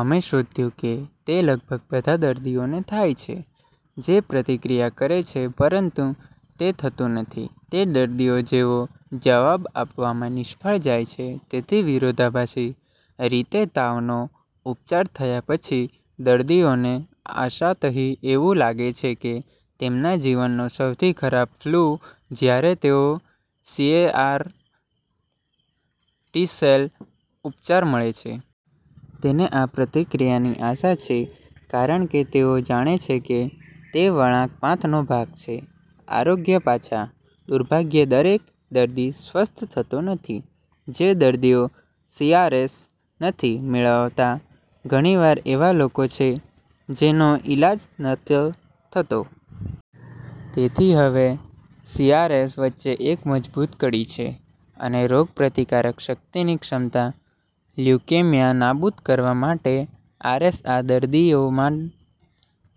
અમે શોધ્યું કે તે લગભગ બધા દર્દીઓ ને થાય છે જે પ્રતિક્રિયા કરે છે પરંતુ તે થતું નથી તે દર્દીઓ જેઓ જવાબ આપવામાં નિષ્ફળ જાય છે. તેથી વિરોધાભાસી રીતે તાવનો ઉપચાર થયા પછી દર્દીઓને આશા તહી એવું લાગે છે કે તેમના જીવનનો સૌથી ખરાબ ફલૂ જ્યારે તેઓ સીએઆર ટી-સેલ ઉપચાર મળે છે. તેને આ પ્રતિક્રિયાની આશા છે કારણ કે તેઓ જાણે છે કે તે વળાંક પાથનો ભાગ છે આરોગ્ય પાછા. દુર્ભાગ્યે, દરેક દર્દી સ્વસ્થ થતો નથી. જે દર્દીઓ સીઆરએસ નથી મેળવતા, ઘણીવાર એવા લોકો છે જેનો ઇલાજ નથી થતો. તેથી હવે સીઆરએસ વચ્ચે એક મજબૂત કડી છે અને રોગપ્રતિકારક શક્તિની ક્ષમતા લ્યુકેમિયા નાબૂદ કરવા માટે. આર.એસ.આ દર્દીઓમાં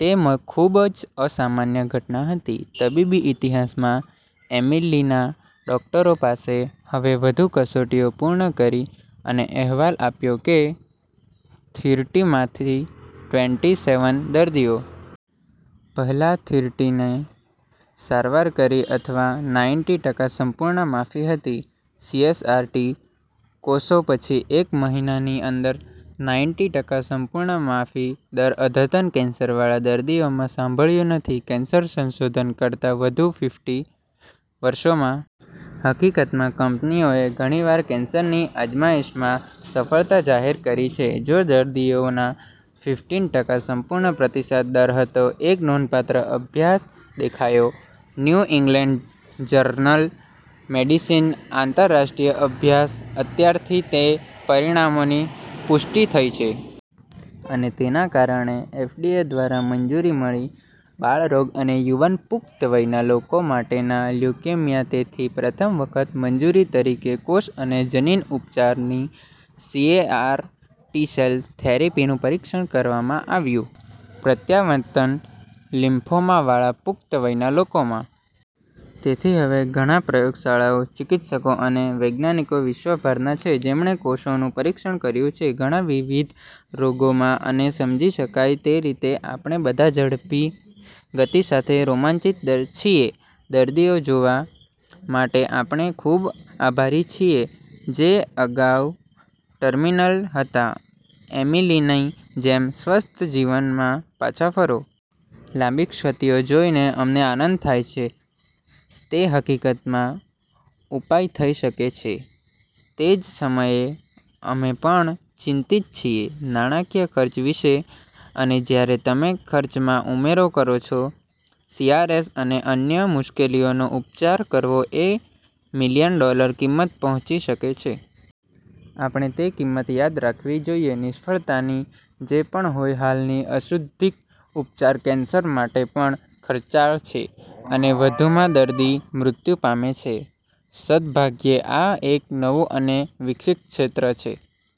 તે ખૂબ જ અસામાન્ય ઘટના હતી તબીબી ઇતિહાસમાં. એમિલીના ડોકટરો પાસે હવે વધુ કસોટીઓ પૂર્ણ કરી અને અહેવાલ આપ્યો કે થીરટી માંથી ટ્વેન્ટી સેવન દર્દીઓ. પહેલા થીરટીની સારવાર કરી અથવા નાઈન્ટી ટકા સંપૂર્ણ માફી હતી. સીએઆર ટી કોષો પછી એક મહિનાની અંદર નાઈન્ટી ટકા સંપૂર્ણ માફી દર અદ્યતન કેન્સરવાળા દર્દીઓમાં સાંભળ્યું નથી કેન્સર સંશોધન કરતાં વધુ ફિફ્ટી વર્ષોમાં. હકીકતમાં, કંપનીઓ ઘણીવાર કેન્સરની અજમાયશમાં સફળતા જાહેર કરે છે જો દર્દીઓના ફિફટિન ટકા સંપૂર્ણ પ્રતિસાદ દર હતો. એક નોંધપાત્ર અભ્યાસ દેખાયો "ન્યુ ઇંગ્લેંડ જર્નલ મેડિસિન" આંતરરાષ્ટ્રીય અભ્યાસ ત્યારથી તે પરિણામોની પુષ્ટિ થઈ છે. અને તેના કારણે એફડીએ દ્વારા મંજૂરી મળી બાળરોગ અને યુવાન પુખ્ત વયના લોકો માટેના લ્યુકેમિયા. તેથી પ્રથમ વખત મંજૂરી તરીકે કોષ અને જનીન ઉપચારની સીએઆર ટી-સેલ થેરેપીનું પરીક્ષણ કરવામાં આવ્યું પ્રત્યાવર્તન લિમ્ફોમાવાળા પુખ્ત વયના લોકોમાં. તેથી હવે ઘણા પ્રયોગશાળાઓ, ચિકિત્સકો અને વૈજ્ઞાનિકો વિશ્વભરના છે જેમણે કોષોનું પરીક્ષણ કર્યું છે ઘણા વિવિધ રોગોમાં અને સમજી શકાય તે રીતે. આપણે બધા ઝડપી ગતિ સાથે રોમાંચિત છીએ દર્દીઓ જોવા માટે. આપણે ખૂબ આભારી છીએ જે અગાઉ ટર્મિનલ હતા એમિલીની જેમ સ્વસ્થ જીવનમાં પાછા ફરો. લાંબી ક્ષતિઓ જોઈને અમને આનંદ થાય છે. તે હકીકતમાં ઉપાય થઈ શકે છે. તે જ સમયે અમે પણ ચિંતિત છીએ નાણાકીય ખર્ચ વિશે. અને જ્યારે તમે ખર્ચમાં ઉમેરો કરો છો, સીઆરએસ અને અન્ય મુશ્કેલીઓનો ઉપચાર કરવો એક મિલિયન ડોલર કિંમત પહોંચી શકે છે. આપણે તે કિંમત યાદ રાખવી જોઈએ નિષ્ફળતાની જે પણ હોય હાલની અશુદ્ધિક ઉપચાર કેન્સર માટે પણ ખર્ચાળ છે અને વધુમાં દર્દી મૃત્યુ પામે છે. સદભાગ્યે, આ એક નવું અને વિકસિત ક્ષેત્ર છે.